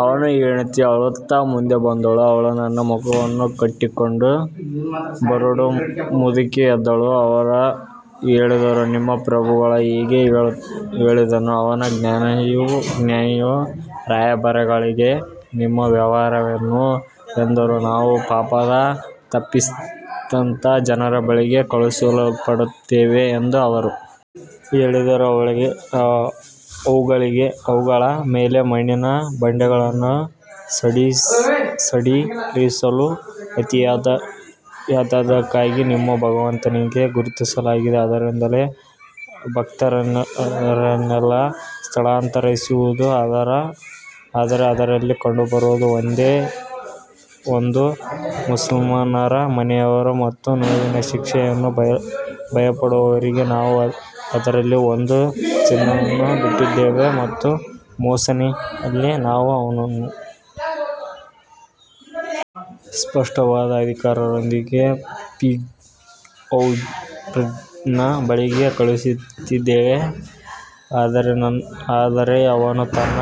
ಅವನ ಹೆಂಡತಿ ಅಳುತ್ತಾ ಮುಂದೆ ಬಂದಳು ಅವಳು ತನ್ನ ಮುಖವನ್ನು ಕಟ್ಟಿಕೊಂಡು ಬರಡು ಮುದುಕಿ ಎಂದಳು ಅವರು ಹೇಳಿದರು ನಿಮ್ಮ ಪ್ರಭು ಹೀಗೆ ಹೇಳಿದನು ಅವನು ಜ್ಞಾನಿಯು ಜ್ಞಾನಿ ರಾಯಭಾರಿಗಳೇ ನಿಮ್ಮ ವ್ಯವಹಾರವೇನು ಎಂದರು ನಾವು ಪಾಪದ ತಪ್ಪಿತಸ್ಥ ಜನರ ಬಳಿಗೆ ಕಳುಹಿಸಲ್ಪಟ್ಟಿದ್ದೇವೆ ಎಂದು ಅವರು ಹೇಳಿದರು ಅವುಗಳ ಮೇಲೆ ಮಣ್ಣಿನ ಬಂಡೆಗಳನ್ನು ಸಡಿಲಿಸಲು ಅತಿಯಾದದ್ದಕ್ಕಾಗಿ ನಿಮ್ಮ ಭಗವಂತನಿಂದ ಗುರುತಿಸಲಾಗಿದೆ ಅದರಲ್ಲಿದ್ದ ಭಕ್ತರನ್ನೆಲ್ಲ ಸ್ಥಳಾಂತರಿಸಿದೆವು ಆದರೆ ಅದರಲ್ಲಿ ಕಂಡುಬರುವುದು ಒಂದೇ ಒಂದು ಮುಸಲ್ಮಾನರ ಮನೆಯವರು ಮತ್ತು ನೋವಿನ ಶಿಕ್ಷೆಯನ್ನು ಭಯಪಡುವವರಿಗೆ ನಾವು ಅದರಲ್ಲಿ ಒಂದು ಚಿಹ್ನೆಯನ್ನು ಬಿಟ್ಟಿದ್ದೇವೆ ಮತ್ತು ಮೋಸೆಸ್ನಲ್ಲಿ ನಾವು ಅವನನ್ನು ಸ್ಪಷ್ಟವಾದ ಅಧಿಕಾರದೊಂದಿಗೆ ಫಿರ್ಔನ್ನ ಬಳಿಗೆ ಕಳುಹಿಸಿದ್ದೇವೆ ಆದರೆ ಅವನು ತನ್ನ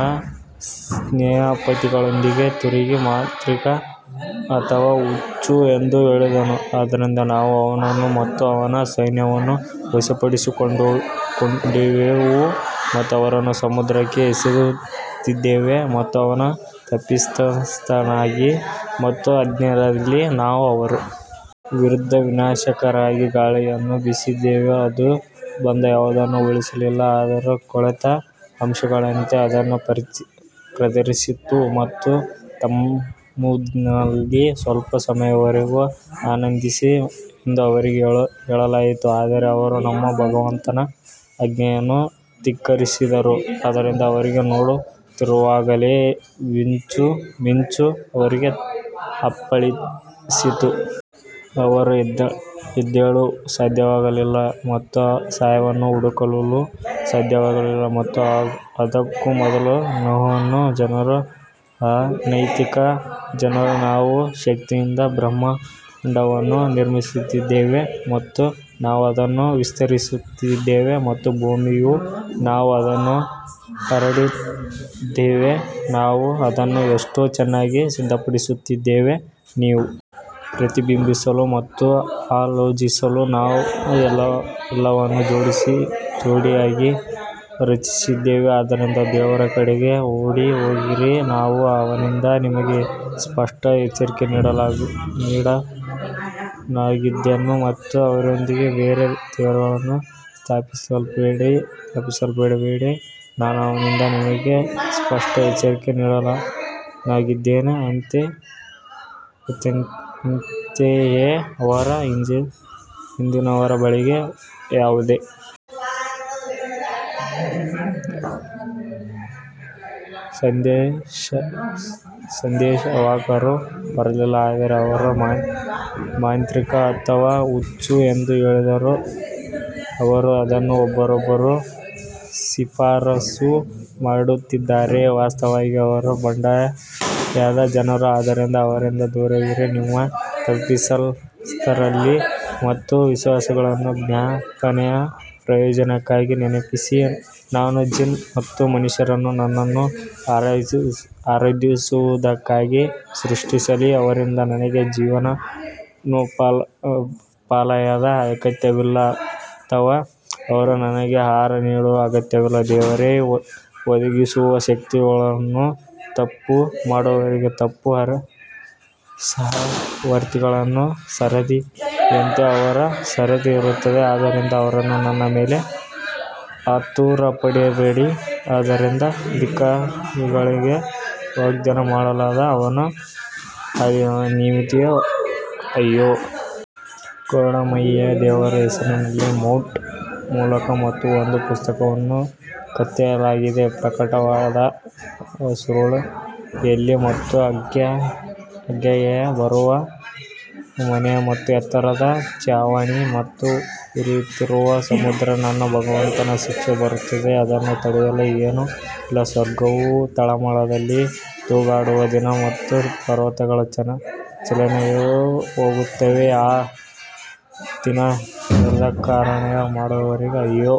ಸೇನಾಧಿಪತಿಗಳೊಂದಿಗೆ ತಿರುಗಿ ಮಾಂತ್ರಿಕ ಅಥವಾ ಹುಚ್ಚು ಎಂದು ಹೇಳಿದನು ಆದ್ದರಿಂದ ನಾವು ಅವನನ್ನು ಮತ್ತು ಅವನ ಸೈನ್ಯವನ್ನು ವಶಪಡಿಸಿಕೊಂಡೆವು ಮತ್ತು ಅವರನ್ನು ಸಮುದ್ರಕ್ಕೆ ಎಸೆದಿದ್ದೇವೆ ಮತ್ತು ಅವನು ತಪ್ಪಿತಸ್ಥನಾಗಿದ್ದನು ಮತ್ತು ಆದ್ನಲ್ಲಿ ನಾವು ಅವರ ವಿರುದ್ಧ ವಿನಾಶಕಾರಿ ಗಾಳಿಯನ್ನು ಬೀಸಿದೆವು ಅದು ಬಂದ ಯಾವುದನ್ನೂ ಉಳಿಸಲಿಲ್ಲ ಆದರೆ ಕೊಳೆತ ಅವಶೇಷಗಳಂತೆ ಅದನ್ನು ಪ್ರದರ್ಶಿಸಿತು ಮತ್ತು ತಮೂದ್ನಲ್ಲಿ ಸ್ವಲ್ಪ ಸಮಯದವರೆಗೆ ಆನಂದಿಸಿ ಎಂದು ಅವರಿಗೆ ಹೇಳಲಾಯಿತು ಆದರೆ ಅವರು ತಮ್ಮ ಭಗವಂತನ ಆಜ್ಞೆಯನ್ನು ಧಿಕ್ಕರಿಸಿದರು, ಆದ್ದರಿಂದ ಅವರು ನೋಡುತ್ತಿರುವಾಗಲೇ ಮಿಂಚು ಅವರಿಗೆ ಅಪ್ಪಳಿಸಿತು ಅವರು ಎದ್ದೇಳಲು ಸಾಧ್ಯವಾಗಲಿಲ್ಲ ಮತ್ತು ಸಹಾಯವನ್ನು ಹುಡುಕಲು ಸಾಧ್ಯವಾಗಲಿಲ್ಲ ಮತ್ತು ಅದಕ್ಕೂ ಮೊದಲು ನೋಹನ ಜನರು ಅನೈತಿಕ ಜನರು ನಾವು ಶಕ್ತಿಯಿಂದ ಬ್ರಹ್ಮಾಂಡವನ್ನು ನಿರ್ಮಿಸಿದ್ದೇವೆ ಮತ್ತು ನಾವು ಅದನ್ನು ವಿಸ್ತರಿಸುತ್ತಿದ್ದೇವೆ ಮತ್ತು ಭೂಮಿಯು ನಾವು ಅದನ್ನು ಹರಡಿದ್ದೇವೆ ನಾವು ಅದನ್ನು ಎಷ್ಟು ಚೆನ್ನಾಗಿ ಸಿದ್ಧಪಡಿಸಿದ್ದೇವೆ ನೀವು ಪ್ರತಿಬಿಂಬಿಸಲು ಮತ್ತು ಆಲೋಚಿಸಲು ನಾವು ಎಲ್ಲವನ್ನೂ ಜೋಡಿಯಾಗಿ ರಚಿಸಿದ್ದೇವೆ ಆದ್ದರಿಂದ ದೇವರ ಕಡೆಗೆ ಓಡಿಹೋಗಿರಿ, ನಾನು ಅವನಿಂದ ನಿಮಗೆ ಸ್ಪಷ್ಟ ಎಚ್ಚರಿಕೆ ನೀಡುವವನಾಗಿದ್ದೇನೆ ಮತ್ತು ದೇವರೊಂದಿಗೆ ಬೇರೆ ದೇವರನ್ನು ಸ್ಥಾಪಿಸಬೇಡಿ, ನಾನು ಅವನಿಂದ ನಿಮಗೆ ಸ್ಪಷ್ಟ ಎಚ್ಚರಿಕೆ ನೀಡುವವನಾಗಿದ್ದೇನೆ ಅಂತೆಯೇ ಅವರ ಹಿಂದಿನವರ ಬಳಿಗೆ ಯಾವುದೇ ಸಂದೇಶವಾಹಕರು ಬರಲಿಲ್ಲ ಆದರೆ ಅವರು ಮಾಂತ್ರಿಕ ಅಥವಾ ಹುಚ್ಚು ಎಂದು ಹೇಳಿದರು ಅವರು ಅದನ್ನು ಒಬ್ಬರಿಗೊಬ್ಬರು ಶಿಫಾರಸು ಮಾಡಿದ್ದಾರೆಯೇ ವಾಸ್ತವವಾಗಿ ಅವರು ಬಂಡಾಯದ ಜನರು ಆದ್ದರಿಂದ ಅವರಿಂದ ದೂರವಿರಿ, ನೀವು ತಪ್ಪಿತಸ್ಥರಲ್ಲ ಮತ್ತು ವಿಶ್ವಾಸಿಗಳಿಗೆ ಜ್ಞಾಪನೆ ಪ್ರಯೋಜನಕ್ಕಾಗಿ ನೆನಪಿಸಿ ನಾನು ಜಿನ್ ಮತ್ತು ಮನುಷ್ಯರನ್ನು ನನ್ನನ್ನು ಆರಾಧಿಸುವುದಕ್ಕಾಗಿಯೇ ಸೃಷ್ಟಿಸಿಲ್ಲ ಅವರಿಂದ ನನಗೆ ಜೀವನೋಪಾಯದ ಅಗತ್ಯವಿಲ್ಲ ಅಥವಾ ಅವರು ನನಗೆ ಆಹಾರ ನೀಡುವ ಅಗತ್ಯವಿಲ್ಲ ದೇವರೇ ಒದಗಿಸುವವನು ಶಕ್ತಿಯುಳ್ಳವನು ತಪ್ಪು ಮಾಡುವವರಿಗೆ ತಮ್ಮ ಸಹವರ್ತಿಗಳ ಸರದಿಯಂತೆ ಅವರ ಸರದಿ ಇರುತ್ತದೆ ಆದ್ದರಿಂದ ಅವರು ನನ್ನ ಮೇಲೆ ಆತುರಪಡಬೇಡಿ ಆದುದರಿಂದ ಧಿಕ್ಕಾರಿಗಳಿಗೆ ವಾಗ್ದಾನ ಮಾಡಲಾದ ಅವರ ಆ ದಿನದ ನಿಮಿತ್ತ ಅಯ್ಯೋ! ಕರುಣಾಮಯಿ ದೇವರ ಹೆಸರಿನಲ್ಲಿ ಮೌಂಟ್ ಮೂಲಕ ಮತ್ತು ಒಂದು ಪುಸ್ತಕವನ್ನು ಕೆತ್ತಲಾಗಿದೆ ಪ್ರಕಟವಾದ ಸುರುಳಿಯಲ್ಲಿ ಮತ್ತು ಆಗಾಗ್ಗೆ ಬರುವ ಮನೆ ಮತ್ತು ಎತ್ತರದ ಛಾವಣಿ ಮತ್ತು ಉರಿಯುತ್ತಿರುವ ಸಮುದ್ರ ನಿನ್ನ ಭಗವಂತನ ಶಿಕ್ಷೆ ಬರುತ್ತಿದೆ ಅದನ್ನು ತಡೆಯಲು ಏನೂ ಇಲ್ಲ ಸ್ವರ್ಗವು ತಳಮಳದಲ್ಲಿ ತೂಗಾಡುವ ದಿನ ಮತ್ತು ಪರ್ವತಗಳು ಚಲನೆಗೆ ಹೋಗುತ್ತವೆ ಆ ದಿನ ನಿರಾಕರಣೆ ಮಾಡುವವರಿಗೆ ಅಯ್ಯೋ!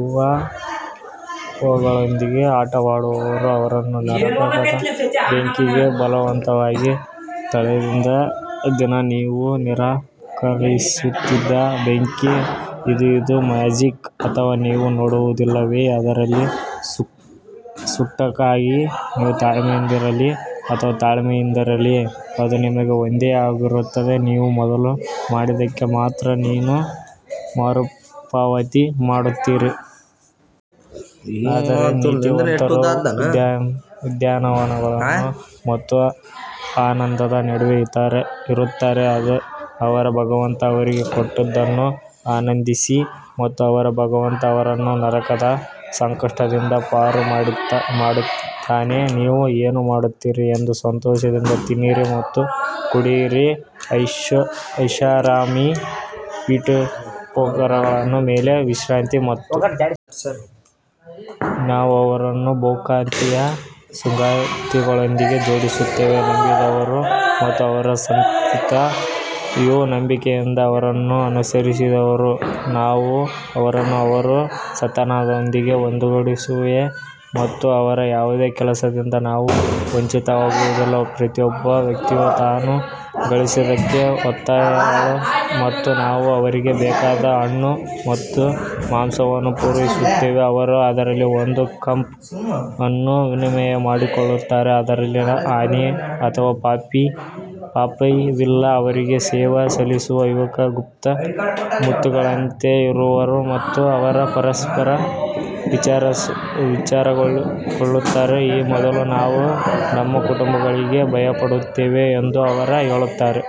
ಊಹಾಪೋಹಗಳೊಂದಿಗೆ ಆಟವಾಡುವವರು ಅವರನ್ನು ನರಕದ ಬೆಂಕಿಗೆ ಬಲವಂತವಾಗಿ ತಳ್ಳಿದ ದಿನ ನೀವು ನಿರಾಕರಿಸುತ್ತಿದ್ದ ಬೆಂಕಿ ಇದು ಇದು ಮ್ಯಾಜಿಕ್ ಅಥವಾ ನೀವು ನೋಡುವುದಿಲ್ಲವೇ ಅದರಲ್ಲಿ ಸುಟ್ಟುಹಾಕಿ, ನೀವು ತಾಳ್ಮೆಯಿಂದಿರಿ ಅಥವಾ ತಾಳ್ಮೆಯಿಂದಿರಿ, ಅದು ನಿಮಗೆ ಒಂದೇ ಆಗಿರುತ್ತದೆ, ನೀವು ಮೊದಲು ಮಾಡಿದ್ದಕ್ಕೆ ಮಾತ್ರ ನೀವು ಮರುಪಾವತಿ ಮಾಡುತ್ತೀರಿ. ಆದರೆ ನೀತಿವಂತರು ಉದ್ಯಾನವನಗಳು ಮತ್ತು ಆನಂದದ ನಡುವೆ ಇರುತ್ತಾರೆ ಅವರ ಭಗವಂತ ಅವರಿಗೆ ಕೊಟ್ಟದ್ದನ್ನು ಆನಂದಿಸಿ ಮತ್ತು ಅವರ ಭಗವಂತ ಅವರನ್ನು ನರಕದ ಸಂಕಟದಿಂದ ಪಾರು ಮಾಡಿದ್ದಾನೆ ನೀವು ಏನು ಮಾಡುತ್ತಿದ್ದೀರಿ ಎಂದು ಸಂತೋಷದಿಂದ ತಿನ್ನಿರಿ ಮತ್ತು ಕುಡಿಯಿರಿ ಐಷಾರಾಮಿ ಪೀಠೋಪಕರಣಗಳ ಮೇಲೆ ವಿಶ್ರಾಂತಿ ಮತ್ತು ನಾವು ಅವರನ್ನು ಬಹುಕಾಂತೀಯ ಸಂಗಾತಿಗಳೊಂದಿಗೆ ಜೋಡಿಸುತ್ತೇವೆ ನಂಬಿದವರು ಮತ್ತು ಅವರ ಸಂತತಿಯು ನಂಬಿಕೆಯಿಂದ ಅವರನ್ನು ಅನುಸರಿಸಿದರು ನಾವು ಅವರನ್ನು ಅವರ ಸಂತಾನದೊಂದಿಗೆ ಒಂದುಗೂಡಿಸುವೆವು ಮತ್ತು ಅವರ ಯಾವುದೇ ಕೆಲಸದಿಂದ ನಾವು ವಂಚಿತರಾಗುವುದಿಲ್ಲ ಪ್ರತಿಯೊಬ್ಬ ವ್ಯಕ್ತಿಯು ತಾನು ಗಳಿಸಿದ್ದಕ್ಕೆ ಒತ್ತೆಯಾಳು ಮತ್ತು ನಾವು ಅವರಿಗೆ ಬೇಕಾದ ಹಣ್ಣು ಮತ್ತು ಮಾಂಸವನ್ನು ಪೂರೈಸುತ್ತೇವೆ ಅವರು ಅದರಲ್ಲಿ ಒಂದು ಕಪ್ ಅನ್ನು ವಿನಿಮಯ ಮಾಡಿಕೊಳ್ಳುತ್ತಾರೆ, ಅದರಲ್ಲಿ ಹಾನಿ ಅಥವಾ ಪಾಪವಿಲ್ಲ ಅವರಿಗೆ ಸೇವೆ ಸಲ್ಲಿಸುವ ಯುವಕರು ಗುಪ್ತ ಮುತ್ತುಗಳಂತೆ ಇರುವರು ಮತ್ತು ಅವರು ಪರಸ್ಪರ ವಿಚಾರಿಸಿಕೊಳ್ಳುತ್ತಾರೆ ಈ ಮೊದಲು ನಾವು ನಮ್ಮ ಕುಟುಂಬಗಳಿಗೆ ಭಯಪಡುತ್ತಿದ್ದೆವು ಎಂದು ಅವರು ಹೇಳುತ್ತಾರೆ.